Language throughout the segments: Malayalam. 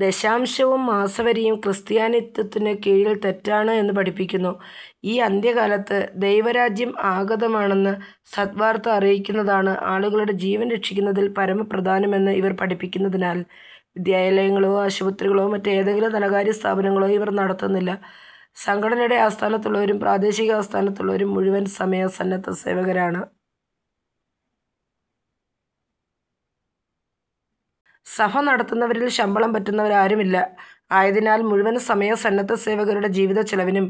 ദശാംശവും, മാസവരിയും ക്രിസ്ത്യാനിത്വത്തിനു കീഴിൽ തെറ്റാണ് എന്ന് പഠിപ്പിക്കുന്നു. ഈ അന്ത്യകാലത്ത് ദൈവരാജ്യം ആഗതമാണെന്ന സദ് വാർത്ത അറിയിക്കുന്നതാണ് ആളുകളുടെ ജീവൻ രക്ഷിക്കുന്നതിൽ പരമപ്രധാനം എന്ന് ഇവർ പഠിപ്പിക്കുന്നതിനാൽ വിദ്യാലയങ്ങളോ, ആശുപത്രികളോ മറ്റ് എതെങ്കിലും ധനകാര്യസ്ഥാപനങ്ങളോ ഇവർ നടത്തുന്നില്ല. സംഘടനയുടെ ആസ്ഥാനത്തുള്ളവരും, പ്രാദേശിക ആസ്ഥാനത്തുള്ളവരും മുഴുവൻ സമയ സന്നദ്ധസേവകരാണ്. സഭ നടത്തുന്നവരിൽ ശമ്പളം പറ്റുന്നവരാരും ഇല്ല. ആയതിനാൽ മുഴുവൻ സമയ സന്നദ്ധ സേവകരുടെ ജീവിതചെലവിനും,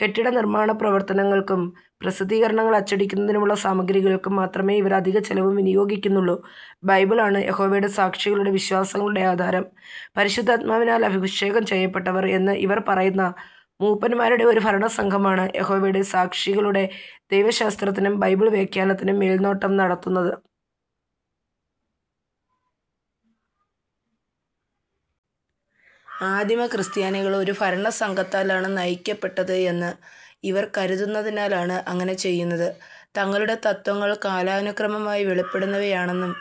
കെട്ടിട നിർമ്മാണപ്രവർത്തനങ്ങൾക്കും, പ്രസിദ്ധീകരണങ്ങൾ അച്ചടിക്കുന്നതിനുള്ള സാമഗ്രികൾക്കും മാത്രമേ ഇവർ അധിക ചെലവും വിനിയോഗിക്കുന്നുള്ളു. ബൈബിളാണ് യഹോവയുടെ സാക്ഷികളുടെ വിശ്വാസങ്ങളുടെ ആധാരം. പരിശുദ്ധാത്മാവിനാൽ അഭിഷേകം ചെയ്യപ്പെട്ടവർ എന്ന് ഇവർ പറയുന്ന മൂപ്പന്മാരുടെ ഒരു ഭരണസംഘമാണ് യഹോവയുടെ സാക്ഷികളുടെ ദൈവശാസ്ത്രത്തിനും, ബൈബിൾ വ്യാഖ്യാനത്തിനും മേൽനോട്ടം നടത്തുന്നത്. ആദിമ ക്രിസ്ത്യാനികൾ ഒരു ഭരണസംഘത്താലാണ് നയിക്കപ്പെട്ടത് എന്ന് ഇവർ കരുതുന്നതിനാലാണ് അങ്ങനെ ചെയ്യുന്നത്. തങ്ങളുടെ തത്ത്വങ്ങൾ കാലാനുക്രമമായി വെളിപ്പെടുന്നവയാണെന്നും,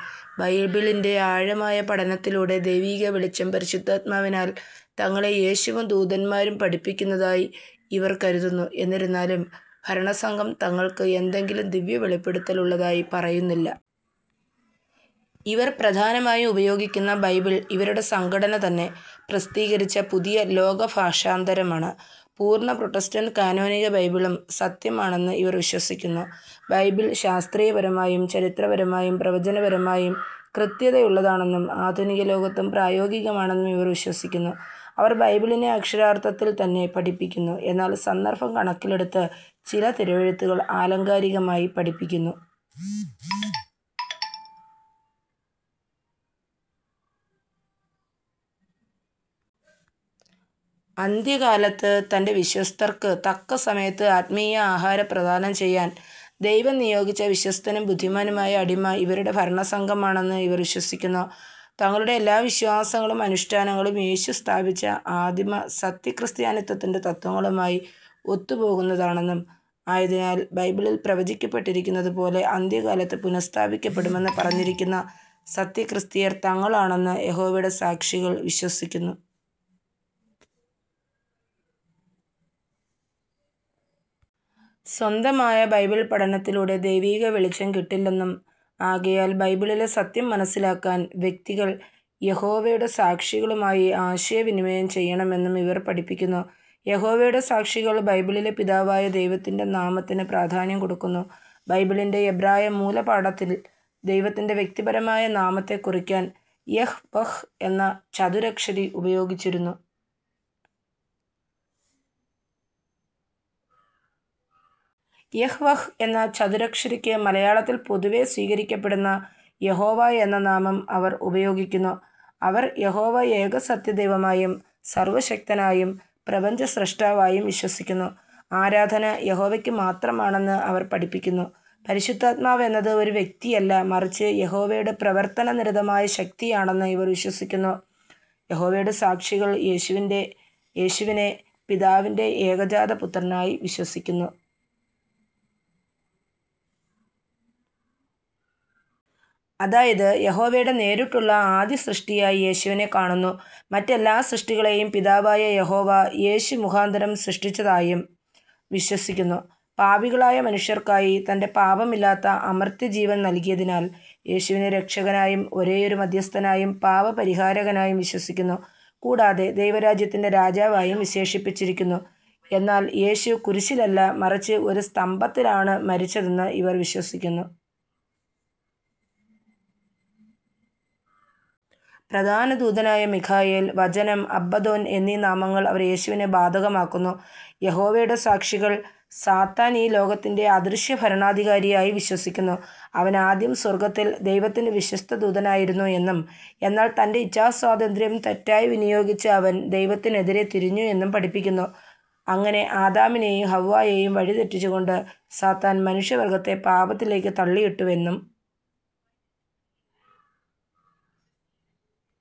ബൈബിളിന്റെ ആഴമായ പഠനത്തില്ലുടെ ദൈവിക വെളിച്ചം പരിശുദ്ധാത്മാവിനാൽ തങ്ങളെ യേശുവും, ദൂതന്മാരും പഠിപ്പിക്കുന്നതായി ഇവർ കരുതുന്നു. ഏന്നിരുന്നാലും ഭരണസംഘം തങ്ങൾക്ക് എന്തെങ്കിലും ദിവ്യവെളിപ്പെടുത്തൽ ഉള്ളതായി പറയുന്നില്ല. ഇവർ പ്രധാനമായും ഉപയോഗിക്കുന്ന ബൈബിൾ ഇവരുടെ സംഘടന തന്നെ പ്രസ്ദ്ധീകരിച്ച പുതിയ ലോകഭാഷാന്തരം ആണ്. പൂർണ്ണ പ്രൊട്ടസ്റ്റന്റ് കാനോനിക ബൈബിളും സത്യമാണെന്ന് ഇവർ വിശ്വസിക്കുന്നു. ബൈബിൾ ശാസ്ത്രീയപരമായും, ചരിത്രപരമായും, പ്രവചനപരമയും കൃത്യത ഉള്ളതാണെന്നും ആധുനിക ലോകത്തും പ്രായോഗികമാണെന്നും ഇവർ വിശ്വസിക്കുന്നു. അവർ ബൈബിളിനെ അക്ഷരാർത്ഥത്തിൽ തന്നെ പഠിപ്പിക്കുന്നു, എന്നാൽ സന്ദർഭം കണക്കിലെടുത്ത് ചില തിരുവെഴുത്തുകൾ ആലങ്കാരികമായി പഠിപ്പിക്കുന്നു. അന്ത്യകാലത്ത് തന്റെ വിശ്വസ്തർക്ക് തക്കസമയത്ത് ആത്മീയ ആഹാരം പ്രദാനം ചെയ്യാൻ ദൈവം നിയോഗിച്ച വിശ്വസ്തനും ബുദ്ധിമാനുമായ അടിമ ഇവരുടെ ഭരണസംഘമാണെന്ന് ഇവർ വിശ്വസിക്കുന്നു. തങ്ങളുടെ എല്ലാ വിശ്വാസങ്ങളും അനുഷ്ഠാനങ്ങളും യേശു സ്ഥാപിച്ച ആദിമ "സത്യ" ക്രിസ്ത്യാനിത്വത്തിന്റെ തത്ത്വങ്ങളുമായി ഒത്തുപോകുന്നതാണെന്നും, ആയതിനാൽ ബൈബിളിൽ പ്രവചിക്കപ്പെട്ടിരിക്കുന്നതു പോലെ അന്ത്യകാലത്ത് പുനഃസ്ഥാപിക്കപ്പെടുമെന്ന് പറഞ്ഞിരിക്കുന്ന സത്യക്രിസ്തീയർ തങ്ങളാണെന്ന് യഹോവയുടെ സാക്ഷികൾ വിശ്വസിക്കുന്നു. സ്വന്തമായ ബൈബിൾ പഠനത്തിലൂടെ ദൈവിക വെളിച്ചം കിട്ടില്ലെന്നും ആകയാൽ ബൈബിളിലെ സത്യം മനസ്സിലാക്കാൻ വ്യക്തികൾ യഹോവയുടെ സാക്ഷികളുമായി ആശയവിനിമയം ചെയ്യണമെന്നും ഇവർ പഠിപ്പിക്കുന്നു യഹോവയുടെ സാക്ഷികൾ ബൈബിളിലെ പിതാവായ ദൈവത്തിന്റെ നാമത്തിനു പ്രാധാന്യം കൊടുക്കുന്നു. ബൈബിളിന്റെ എബ്രായ മൂലപാഠത്തിൽ ദൈവത്തിന്റെ വ്യക്തിപരമായ നാമത്തെകുറിക്കാൻ "യ്ഹ്വ്ഹ്" എന്ന ചതുരക്ഷരി ഉപയോഗിച്ചിരുന്നു. "യ്ഹ്വ്ഹ്" എന്ന ചതുരക്ഷരിക്ക് മലയാളത്തിൽ പൊതുവെ സ്വീകരിക്കപ്പെടുന്ന യഹോവ എന്ന നാമം അവർ ഉപയോഗിക്കുന്നു. അവർ യഹോവ ഏകസത്യദൈവമായും, സർവ്വശക്തനായും, പ്രപഞ്ച സ്രിഷ്ടാവായും വിശ്വസിക്കുന്നു. ആരാധന യഹോവയ്ക്ക് മാത്രമാണെന്ന് ഇവർ പഠിപ്പിക്കുന്നു. പരിശുദ്ധാത്മാവെന്നത് ഒരു വ്യക്തിയല്ല മറിച്ച് യഹോവയുടെ പ്രവർത്തനനിരതമായ ശക്തിയാണെന്ന് ഇവർ വിശ്വസിക്കുന്നു. യഹോവയുടെ സാക്ഷികൾ യേശുവിനെ പിതാവിന്റെ ഏകജാത പുത്രനായി വിശ്വസിക്കന്നു. അതായത് യഹോവയുടെ നേരിട്ടുള്ള ആദ്യ സൃഷ്ടിയായ് യേശുവിനെ കാണുന്നു. മറ്റെല്ലാ സൃഷ്ടികളെയും പിതാവായ യഹോവ, യേശു മുഖാന്തരം സൃഷ്ടിച്ചതായും വിശ്വസിക്കുന്നു. പാപികളായ മനുഷ്യർക്കായി തന്റെ പാപമില്ലാത്ത അമർത്യ ജീവൻ നൽകിയതിനാൽ യേശുവിനെ രക്ഷകനായും, ഒരേയൊരു മദ്ധ്യസ്ഥനായും, പാപപരിഹാരകനായും വിശ്വസിക്കുന്നു. കൂടാതെ ദൈവരാജ്യത്തിന്റെ രാജാവായും വിശേഷിപ്പിച്ചിരിക്കുന്നു. എന്നാൽ യേശു കുരിശിലല്ല മറിച്ച് ഒരു സ്തംഭത്തിലാണ് മരിച്ചതെന്ന് ഇവർ വിശ്വസിക്കുന്നു. പ്രധാന ദൂതനായ മിഖായേൽ, വചനം, അബദ്ദോൻ എന്നീ നാമങ്ങൾ അവർ യേശുവിനു ബാധകമാക്കുന്നു. യഹോവയുടെ സാക്ഷികൾ സാത്താൻ ഈ ലോകത്തിന്റെ അദൃശ്യ ഭരണാധികാരിയായി വിശ്വസിക്കുന്നു. ആവൻ ആദ്യം സ്വർഗ്ഗത്തിൽ ദൈവത്തിന്റെ വിശ്വസ്ത ദൂതനായിരുന്നു എന്നും, എന്നാൽ തന്റെ ഇച്ഛാസ്വാതന്ത്ര്യം തെറ്റായി വിനിയോഗിച്ച അവൻ ദൈവത്തിനെതിരെ തിരിഞ്ഞു എന്നും പഠിപ്പിക്കുന്നു. അങ്ങനെ ആദാമിനെയും ഹൗവ്വായെയും വഴിതെറ്റിച്ചുകൊണ്ട് സാത്താൻ മനുഷ്യ വർഗ്ഗത്തെ പാപത്തിലേക്ക് തള്ളിയിട്ടുവെന്നും,